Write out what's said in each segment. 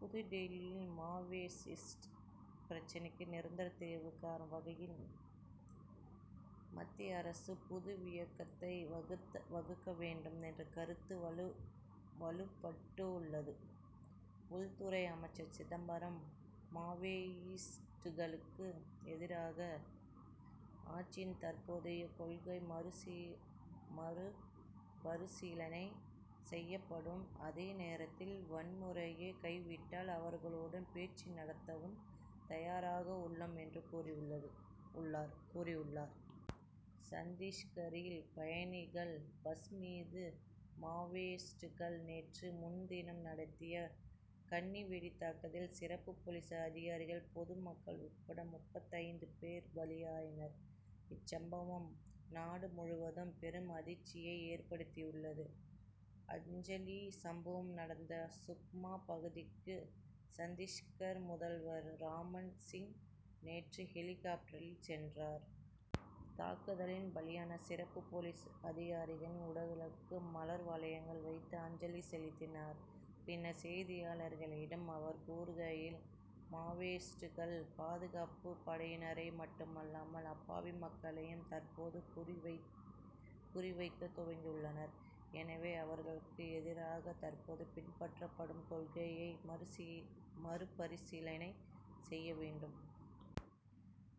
புதுடில்லி Maoist பிரச்னைக்கு நிரந்தர தீர்வு காணும் வகையில் மத்திய அரசு புது வியூகத்தை வகுக்க வேண்டும் என்ற கருத்து வலுப்பட்டுள்ளது. உள்துறை அமைச்சர் சிதம்பரம் மாவோயிஸ்டுகளுக்கு எதிரான அரசின் தற்போதைய கொள்கை மறு பரிசீலனை செய்யப்படும். அதே நேரத்தில் வன்முறையை கைவிட்டால் அவர்களுடன் பேச்சு நடத்தவும் தயாராக உள்ளோம் என கூறியுள்ளார். சத்திஸ்கரில் பயணிகள் பஸ் மீது மாவோயிஸ்டுகள் நேற்று முன்தினம் நடத்திய கண்ணி வெடி தாக்குதலில் சிறப்பு போலீஸ் அதிகாரிகள் பொது மக்கள் உட்பட முப்பத்தைந்து பேர் பலியாயினர். இச்சம்பவம் நாடு முழுவதும் பெரும் அதிர்ச்சியை ஏற்படுத்தியுள்ளது. அஞ்சலி சம்பவம் நடந்த சுக்மா பகுதிக்கு சத்திஸ்கர் முதல்வர் ராமன் சிங் நேற்று ஹெலிகாப்டரில் சென்றார். தாக்குதலில் பலியான சிறப்பு போலீஸ் அதிகாரிகளின் உடல்களுக்கு மலர் வளையம் வைத்து அஞ்சலி செலுத்தினார். பின்னர் செய்தியாளர்களிடம் அவர் கூறுகையில் மாவோயிஸ்டுகள் பாதுகாப்பு படையினரை மட்டுமல்லாமல் அப்பாவி மக்களையும் தற்போது குறி வைக்க துவங்கியுள்ளனர். எனவே அவர்களுக்கு எதிராக தற்போது பின்பற்றப்படும் கொள்கையை மறுபரிசீலனை செய்ய வேண்டும்.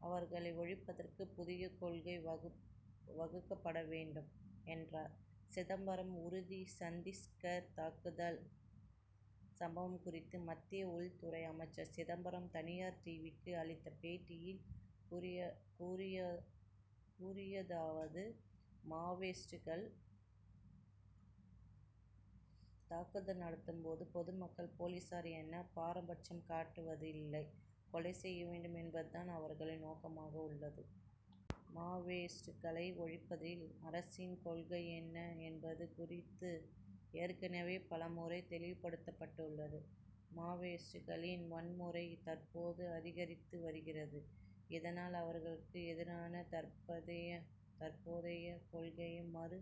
அவர்களை ஒழிப்பதற்கு புதிய கொள்கை வகுக்கப்பட வேண்டும் என்றார். சிதம்பரம் உறுதி சத்திஸ்கர் தாக்குதல் சம்பவம் குறித்து மத்திய உள்துறை அமைச்சர் சிதம்பரம் தனியார் டிவிக்கு அளித்த பேட்டியில் கூறியதாவது மாவோயிஸ்டுகள் தாக்குதல் நடத்தும்போது பொதுமக்கள் போலீசார் என பாரபட்சம் காட்டுவது இல்லை. கொலை செய்ய வேண்டும் என்பது தான் அவர்கள் நோக்கமாக உள்ளது. மாவோயிஸ்டுகளை ஒழிப்பதில் அரசின் கொள்கை என்ன என்பது குறித்து ஏற்கனவே பல முறை தெளிவுபடுத்தப்பட்டுள்ளது. மாவோயிஸ்டுகளின் வன்முறை தற்போது அதிகரித்து வருகிறது. இதனால் அவர்களுக்கு எதிரான தற்போதைய கொள்கையை மறு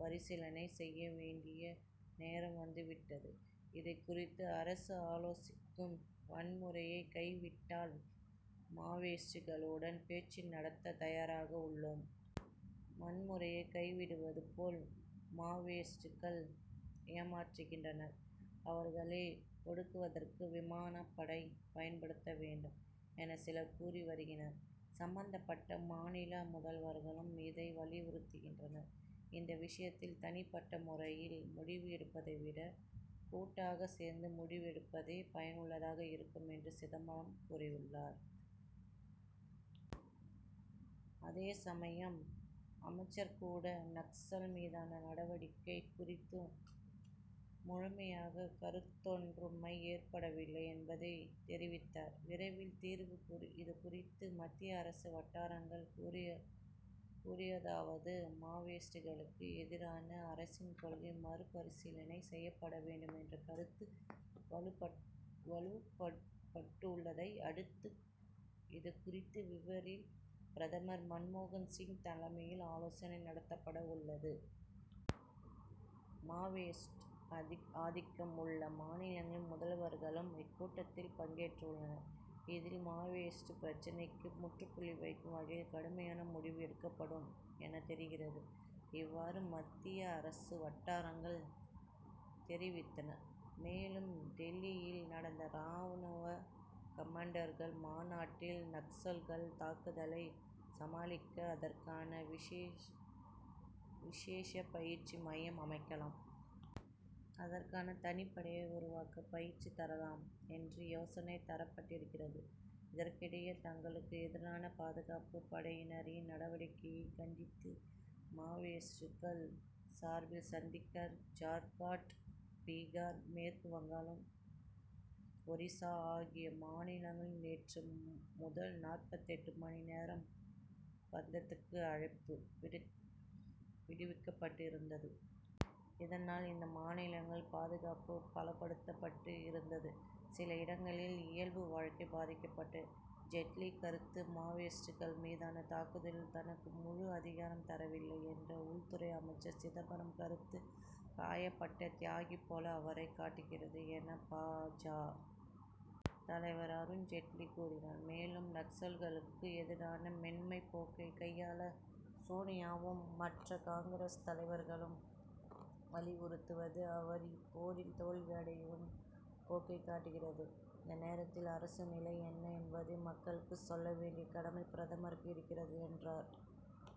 பரிசீலனை செய்ய வேண்டிய நேரம் வந்து விட்டது. இதுகுறித்து அரசு ஆலோசிக்கும். வன்முறையை கைவிட்டால் மாவோயிஸ்டுகளுடன் பேச்சு நடத்த தயாராக உள்ளோம். வன்முறையை கைவிடுவது போல் மாவோயிஸ்டுகள் ஏமாற்றுகின்றனர். அவர்களை ஒடுக்குவதற்கு விமானப்படை பயன்படுத்த வேண்டும் என சிலர் கூறி வருகின்றனர். சம்பந்தப்பட்ட மாநில முதல்வர்களும் இதை வலியுறுத்துகின்றனர். இந்த விஷயத்தில் தனிப்பட்ட முறையில் முடிவு எடுப்பதை விட கூட்டாக சேர்ந்து முடிவு எடுப்பதே பயனுள்ளதாக இருக்கும். இவ்வாறு சிதம்பரம் கூறியுள்ளார். அதே சமயம் அமைச்சரவையில் கூட நக்சல் மீதான நடவடிக்கை குறித்து முழுமையான கருத்தொற்றுமை ஏற்படவில்லை என்பதைத் தெரிவித்தார். விரைவில் தீர்வு இதுகுறித்து மத்திய அரசு வட்டாரங்கள் கூறியதாவது மாவோயிஸ்டுகளுக்கு எதிரான அரசின் கொள்கை மறு பரிசீலனை செய்யப்பட வேண்டும் என்ற கருத்து வலுப்பட்டுள்ளதை அடுத்து இதுகுறித்து விரைவில் பிரதமர் மன்மோகன் சிங் தலைமையில் ஆலோசனை நடத்தப்பட உள்ளது. மாவோயிஸ்ட் ஆதிக்கம் உள்ள மாநிலங்களின் முதல்வர்களும் இக்கூட்டத்தில் பங்கேற்கவுள்ளனர். இதில் மாவோயிஸ்ட் பிரச்னைக்கு முற்றுப்புள்ளி வைக்கும் வகையில் கடுமையான முடிவு எடுக்கப்படும் என தெரிகிறது. இவ்வாறு மத்திய அரசு வட்டாரங்கள் தெரிவித்தன. மேலும் டில்லியில் நடந்த ராணுவ கமாண்டர்கள் மாநாட்டில் நக்சல்கள் தாக்குதலை சமாளிக்க அதற்கான விசேஷ பயிற்சி மையம் அமைக்கலாம். அதற்கான தனிப்படையை உருவாக்க பயிற்சி தரலாம் என்று யோசனை தரப்பட்டிருக்கிறது. இதற்கிடையே தங்களுக்கு எதிரான பாதுகாப்பு படையினரின் நடவடிக்கையை கண்டித்து மாவோயிஸ்டுகள் சார்பில் சத்திஸ்கர் ஜார்க்கண்ட் பீகார் மேற்கு வங்கம் ஒரிசா ஆகிய மாநிலங்களில் நேற்று முதல் நாற்பத்தெட்டு மணி நேர பந்த்துக்கு அழைப்பு விடுக்கப்பட்டு இருந்தது. இதனால் இந்த மாநிலங்களில் பாதுகாப்பு பலப்படுத்தப்பட்டு இருந்தது. சில இடங்களில் இயல்பு வாழ்க்கை பாதிக்கப்பட்டது. ஜெட்லி கருத்து மாவோயிஸ்டுகள் மீதான தாக்குதலில் தனக்கு முழு அதிகாரம் தரவில்லை என்ற உள்துறை அமைச்சர் சிதம்பரம் கருத்து காயம்பட்ட தியாகி போல அவரைக் காட்டுகிறது என்று பா. ஜ. தலைவர் அருண் ஜெட்லி கூறினார். மேலும் நக்சல்களுக்கு எதிராக மென்மைப் போக்கை கையாள சோனியாவும் மற்ற காங்கிரஸ் தலைவர்களும் வலியுறுத்துவது அவர் இப்போரில் தோல்வியடையும் போக்கை காட்டுகிறது. இந்த நேரத்தில் அரசு நிலை என்ன என்பதை மக்களுக்கு சொல்ல வேண்டிய கடமை பிரதமருக்கு இருக்கிறது என்றார்.